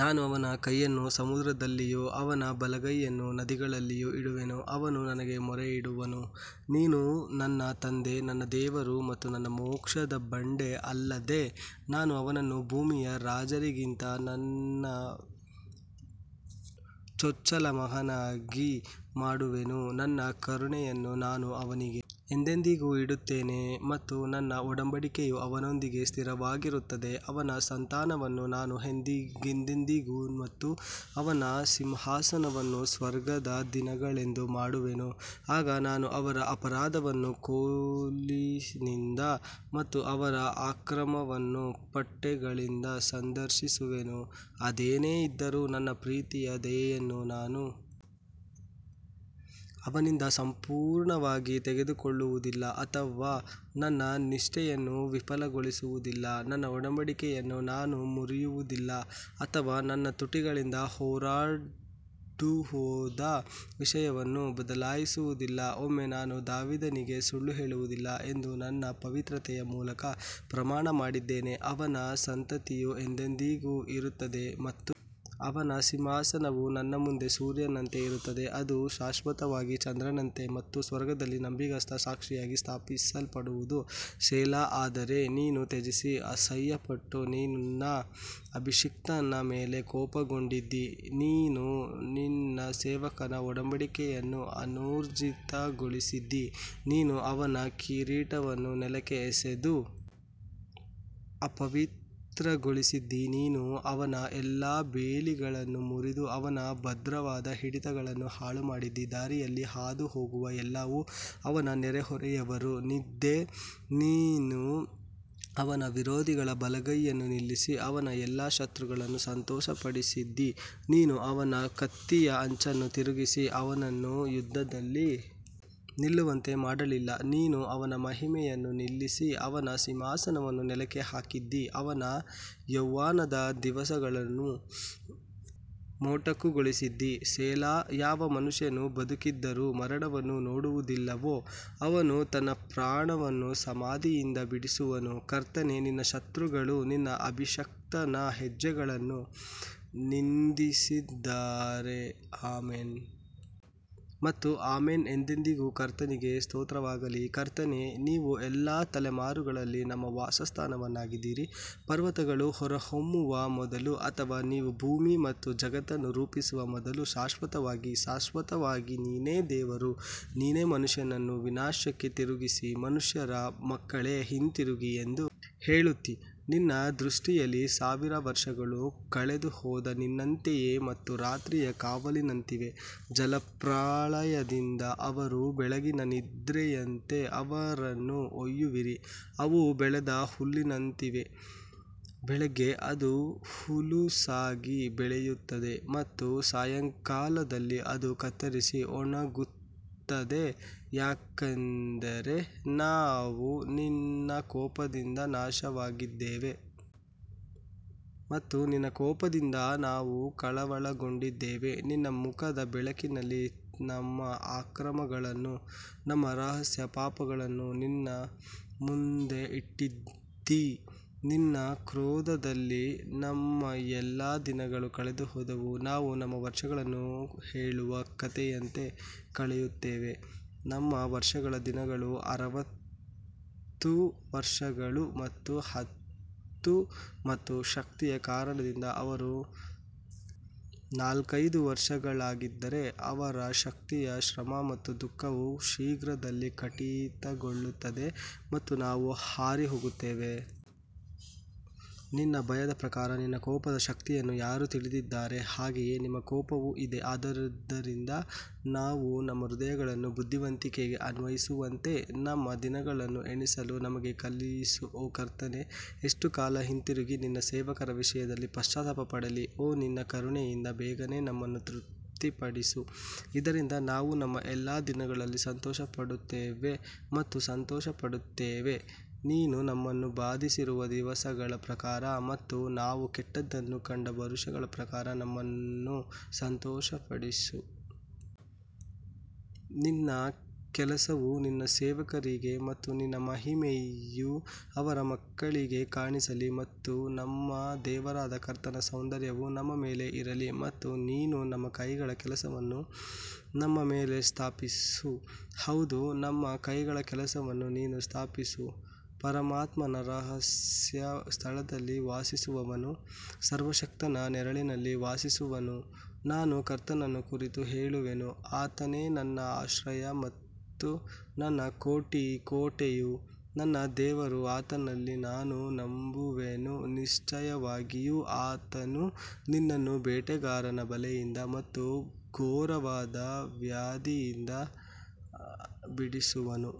ನಾನು ಅವನ ಕೈಯನ್ನು ಸಮುದ್ರದಲ್ಲಿಯೂ ಅವನ ಬಲಗೈಯನ್ನು ನದಿಗಳಲ್ಲಿಯೂ ಇಡುವೆನು ಅವನು ನನಗೆ ಮೊರೆಯಿಡುವನು, ನೀನು ನನ್ನ ತಂದೆ ನನ್ನ ದೇವರು ಮತ್ತು ನನ್ನ ಮೋಕ್ಷದ ಬಂಡೆ ಅಲ್ಲದೆ ನಾನು ಅವನನ್ನು ಭೂಮಿಯ ರಾಜರಿಗಿಂತ ನನ್ನ ಚೊಚ್ಚಲ ಮಗನಾಗಿ ಮಾಡುವೆನು ನನ್ನ ಕರುಣೆಯನ್ನು ನಾನು ಅವನಿಗೆ ಎಂದೆಂದಿಗೂ ಇಡುತ್ತೇನೆ ಮತ್ತು ನನ್ನ ಒಡಂಬಡಿಕೆಯು ಅವನೊಂದಿಗೆ ಸ್ಥಿರವಾಗಿರುತ್ತದೆ ಅವನ ಸಂತಾನವನ್ನು ನಾನು ಎಂದೆಂದಿಗೂ ಮತ್ತು ಅವನ ಸಿಂಹಾಸನವನ್ನು ಸ್ವರ್ಗದ ದಿನಗಳಂತೆ ಮಾಡುವೆನು ಆಗ ನಾನು ಅವರ ಅಪರಾಧವನ್ನು ಕೋಲಿನಿಂದ ಮತ್ತು ಅವರ ಅಕ್ರಮವನ್ನು ಪಟ್ಟೆಗಳಿಂದ ಸಂದರ್ಶಿಸುವೆನು ಅದೇನೇ ಇದ್ದರೂ, ನನ್ನ ಪ್ರೀತಿಯ ದಯೆಯನ್ನು ನಾನು ಅವನಿಂದ ಸಂಪೂರ್ಣವಾಗಿ ತೆಗೆದುಕೊಳ್ಳುವುದಿಲ್ಲ ಅಥವಾ ನನ್ನ ನಿಷ್ಠೆಯನ್ನು ವಿಫಲಗೊಳಿಸುವುದಿಲ್ಲ ನನ್ನ ಒಡಂಬಡಿಕೆಯನ್ನು ನಾನು ಮುರಿಯುವುದಿಲ್ಲ ಅಥವಾ ನನ್ನ ತುಟಿಗಳಿಂದ ಹೊರಟುಹೋದ ವಿಷಯವನ್ನು ಬದಲಾಯಿಸುವುದಿಲ್ಲ ಒಮ್ಮೆ ನಾನು ದಾವೀದನಿಗೆ ಸುಳ್ಳು ಹೇಳುವುದಿಲ್ಲ ಎಂದು ನನ್ನ ಪವಿತ್ರತೆಯ ಮೂಲಕ ಪ್ರಮಾಣ ಮಾಡಿದ್ದೇನೆ ಅವನ ಸಂತತಿಯು ಎಂದೆಂದಿಗೂ ಇರುತ್ತದೆ ಮತ್ತು ಅವನ ಸಿಂಹಾಸನವು ನನ್ನ ಮುಂದೆ ಸೂರ್ಯನಂತೆ ಇರುತ್ತದೆ ಅದು ಶಾಶ್ವತವಾಗಿ ಚಂದ್ರನಂತೆ ಮತ್ತು ಸ್ವರ್ಗದಲ್ಲಿ ನಂಬಿಗಸ್ತ ಸಾಕ್ಷಿಯಾಗಿ ಸ್ಥಾಪಿಸಲ್ಪಡುವುದು ಸೆಲಾ ಆದರೆ ನೀನು ತ್ಯಜಿಸಿ ಅಸಹ್ಯಪಟ್ಟು ನಿನ್ನ ಅಭಿಷಿಕ್ತನ ಮೇಲೆ ಕೋಪಗೊಂಡಿದ್ದೀ ನೀನು ನಿನ್ನ ಸೇವಕನ ಒಡಂಬಡಿಕೆಯನ್ನು ಅನೂರ್ಜಿತಗೊಳಿಸಿದ್ದೀ, ನೀನು ಅವನ ಕಿರೀಟವನ್ನು ನೆಲಕ್ಕೆ ಎಸೆದು ಅಪವಿತ್ರಗೊಳಿಸಿದ್ದೀ ನೀನು ಅವನ ಎಲ್ಲಾ ಬೇಲಿಗಳನ್ನು ಮುರಿದು ಅವನ ಭದ್ರವಾದ ಹಿಡಿತಗಳನ್ನು ಹಾಳುಮಾಡಿದ್ದೀ ದಾರಿಯಲ್ಲಿ ಹಾದು ಹೋಗುವ ಎಲ್ಲವೂ ಅವನ ನೆರೆಹೊರೆಯವರಿಗೆ ನಿಂದೆ ನೀನು ಅವನ ವಿರೋಧಿಗಳ ಬಲಗೈಯನ್ನು ನಿಲ್ಲಿಸಿ ಅವನ ಎಲ್ಲಾ ಶತ್ರುಗಳನ್ನು ಸಂತೋಷಪಡಿಸಿದ್ದೀ ನೀನು ಅವನ ಕತ್ತಿಯ ಅಂಚನ್ನು ತಿರುಗಿಸಿ ಅವನನ್ನು ಯುದ್ಧದಲ್ಲಿ ನಿಲ್ಲುವಂತೆ ಮಾಡಲಿಲ್ಲ ನೀನು ಅವನ ಮಹಿಮೆಯನ್ನು ನಿಲ್ಲಿಸಿ ಅವನ ಸಿಂಹಾಸನವನ್ನು ನೆಲಕ್ಕೆ ಹಾಕಿದ್ದೀ ಅವನ ಯೌವನದ ದಿವಸಗಳನ್ನು ಮೊಟಕುಗೊಳಿಸಿದ್ದೀ ಸೆಲಾ ಯಾವ ಮನುಷ್ಯನು ಬದುಕಿದ್ದರೂ ಮರಣವನ್ನು ನೋಡುವುದಿಲ್ಲವೋ ಅವನು ತನ್ನ ಪ್ರಾಣವನ್ನು ಸಮಾಧಿಯಿಂದ ಬಿಡಿಸುವನು ಕರ್ತನೇ ನಿನ್ನ ಶತ್ರುಗಳು ನಿನ್ನ ಅಭಿಷಕ್ತನ ಹೆಜ್ಜೆಗಳನ್ನು ನಿಂದಿಸಿದ್ದಾರೆ ಆಮೆನ್ ಮತ್ತು ಆಮೆನ್ ಎಂದೆಂದಿಗೂ ಕರ್ತನಿಗೆ ಸ್ತೋತ್ರವಾಗಲಿ ಕರ್ತನೇ, ನೀವು ಎಲ್ಲಾ ತಲೆಮಾರುಗಳಲ್ಲಿ ನಮ್ಮ ವಾಸಸ್ಥಾನವಾಗಿದ್ದೀರಿ ಪರ್ವತಗಳು ಹೊರಹೊಮ್ಮುವ ಮೊದಲು ಅಥವಾ ನೀವು ಭೂಮಿ ಮತ್ತು ಜಗತ್ತನ್ನು ರೂಪಿಸುವ ಮೊದಲು ಶಾಶ್ವತವಾಗಿ ಶಾಶ್ವತವಾಗಿ ನೀನೇ ದೇವರು ನೀನು ಮನುಷ್ಯನನ್ನು ವಿನಾಶಕ್ಕೆ ತಿರುಗಿಸಿ ಮನುಷ್ಯರ ಮಕ್ಕಳೇ ಹಿಂತಿರುಗಿ ಎಂದು ಹೇಳುತ್ತೀ ನಿನ್ನ ದೃಷ್ಟಿಯಲ್ಲಿ ಸಾವಿರ ವರ್ಷಗಳು ಕಳೆದುಹೋದ ನಿನ್ನೆಯಂತೆಯೇ ಮತ್ತು ರಾತ್ರಿಯ ಕಾವಲಿನಂತಿವೆ ಜಲಪ್ರಳಯದಿಂದ ಅವರು ಬೆಳಗಿನ ನಿದ್ರೆಯಂತೆ ಅವರನ್ನು ಒಯ್ಯುವಿರಿ, ಅವು ಬೆಳೆದ ಹುಲ್ಲಿನಂತಿವೆ ಬೆಳಿಗ್ಗೆ ಅದು ಹುಲುಸಾಗಿ ಬೆಳೆಯುತ್ತದೆ ಮತ್ತು ಸಾಯಂಕಾಲದಲ್ಲಿ ಅದು ಕತ್ತರಿಸಿ ಒಣಗುತ್ತದೆ ಯಾಕಂದರೆ ನಾವು ನಿನ್ನ ಕೋಪದಿಂದ ನಾಶವಾಗಿದ್ದೇವೆ ಮತ್ತು ನಿನ್ನ ಕೋಪದಿಂದ ನಾವು ಕಳವಳಗೊಂಡಿದ್ದೇವೆ ನಿನ್ನ ಮುಖದ ಬೆಳಕಿನಲ್ಲಿ ನಮ್ಮ ಅಕ್ರಮಗಳನ್ನು ನಮ್ಮ ರಹಸ್ಯ ಪಾಪಗಳನ್ನು ನಿನ್ನ ಮುಂದೆ ಇಟ್ಟಿದ್ದೀ ನಿನ್ನ ಕ್ರೋಧದಲ್ಲಿ ನಮ್ಮ ಎಲ್ಲಾ ದಿನಗಳು ಕಳೆದುಹೋದವು, ನಾವು ನಮ್ಮ ವರ್ಷಗಳನ್ನು ಹೇಳುವ ಕಥೆಯಂತೆ ಕಳೆಯುತ್ತೇವೆ ನಮ್ಮ ವರ್ಷಗಳ ದಿನಗಳು ಅರವತ್ತು ವರ್ಷಗಳು ಮತ್ತು ಹತ್ತು ಮತ್ತು ಶಕ್ತಿಯ ಕಾರಣದಿಂದ ಅವರು ನಾಲ್ಕೈದು ವರ್ಷಗಳಾಗಿದ್ದರೆ ಅವರ ಶಕ್ತಿಯ ಶ್ರಮ ಮತ್ತು ದುಃಖವು ಶೀಘ್ರದಲ್ಲೇ ಕಡಿತಗೊಳ್ಳುತ್ತದೆ ಮತ್ತು ನಾವು ಹಾರಿಹೋಗುತ್ತೇವೆ. ನಿನ್ನ ಭಯದ ಪ್ರಕಾರ ನಿನ್ನ ಕೋಪದ ಶಕ್ತಿಯನ್ನು ಯಾರು ತಿಳಿದಿದ್ದಾರೆ, ಹಾಗೆಯೇ ನಿಮ್ಮ ಕೋಪವೂ ಇದೆ ಆದ್ದರಿಂದ ನಾವು ನಮ್ಮ ಹೃದಯಗಳನ್ನು ಬುದ್ಧಿವಂತಿಕೆಗೆ ಅನ್ವಯಿಸುವಂತೆ ನಮ್ಮ ದಿನಗಳನ್ನು ಎಣಿಸಲು ನಮಗೆ ಕಲಿಸು ಓ ಕರ್ತನೇ ಎಷ್ಟು ಕಾಲ ಹಿಂತಿರುಗಿ ನಿನ್ನ ಸೇವಕರ ವಿಷಯದಲ್ಲಿ ಪಶ್ಚಾತ್ತಾಪ ಪಡಲಿ ಓ ನಿನ್ನ ಕರುಣೆಯಿಂದ ಬೇಗನೆ ನಮ್ಮನ್ನು ತೃಪ್ತಿಪಡಿಸು, ಇದರಿಂದ ನಾವು ನಮ್ಮ ಎಲ್ಲಾ ದಿನಗಳಲ್ಲಿ ಸಂತೋಷಪಡುತ್ತೇವೆ ಮತ್ತು ಸಂತೋಷಪಡುತ್ತೇವೆ ನೀನು ನಮ್ಮನ್ನು ಬಾಧಿಸಿರುವ ದಿವಸಗಳ ಪ್ರಕಾರ ಮತ್ತು ನಾವು ಕೆಟ್ಟದ್ದನ್ನು ಕಂಡ ವರುಷಗಳ ಪ್ರಕಾರ ನಮ್ಮನ್ನು ಸಂತೋಷಪಡಿಸು. ನಿನ್ನ ಕೆಲಸವು ನಿನ್ನ ಸೇವಕರಿಗೆ ಮತ್ತು ನಿನ್ನ ಮಹಿಮೆಯು ಅವರ ಮಕ್ಕಳಿಗೆ ಕಾಣಿಸಲಿ ಮತ್ತು ನಮ್ಮ ದೇವರಾದ ಕರ್ತನ ಸೌಂದರ್ಯವು ನಮ್ಮ ಮೇಲೆ ಇರಲಿ ಮತ್ತು ನೀನು ನಮ್ಮ ಕೈಗಳ ಕೆಲಸವನ್ನು ನಮ್ಮ ಮೇಲೆ ಸ್ಥಾಪಿಸು, ಹೌದು ನಮ್ಮ ಕೈಗಳ ಕೆಲಸವನ್ನು ನೀನು ಸ್ಥಾಪಿಸು ಪರಮಾತ್ಮನ ರಹಸ್ಯ ಸ್ಥಳದಲ್ಲಿ ವಾಸಿಸುವವನು ಸರ್ವಶಕ್ತನ ನೆರಳಿನಲ್ಲಿ ವಾಸಿಸುವನು ನಾನು ಕರ್ತನನ್ನು ಕುರಿತು ಹೇಳುವೆನು ಆತನೇ ನನ್ನ ಆಶ್ರಯ ಮತ್ತು ನನ್ನ ಕೋಟೆಯು ನನ್ನ ದೇವರು ಆತನಲ್ಲಿ ನಾನು ನಂಬುವೆನು ನಿಶ್ಚಯವಾಗಿಯೂ ಆತನು ನಿನ್ನನ್ನು ಬೇಟೆಗಾರನ ಬಲೆಯಿಂದ ಮತ್ತು ಘೋರವಾದ ವ್ಯಾಧಿಯಿಂದ ಬಿಡಿಸುವನು.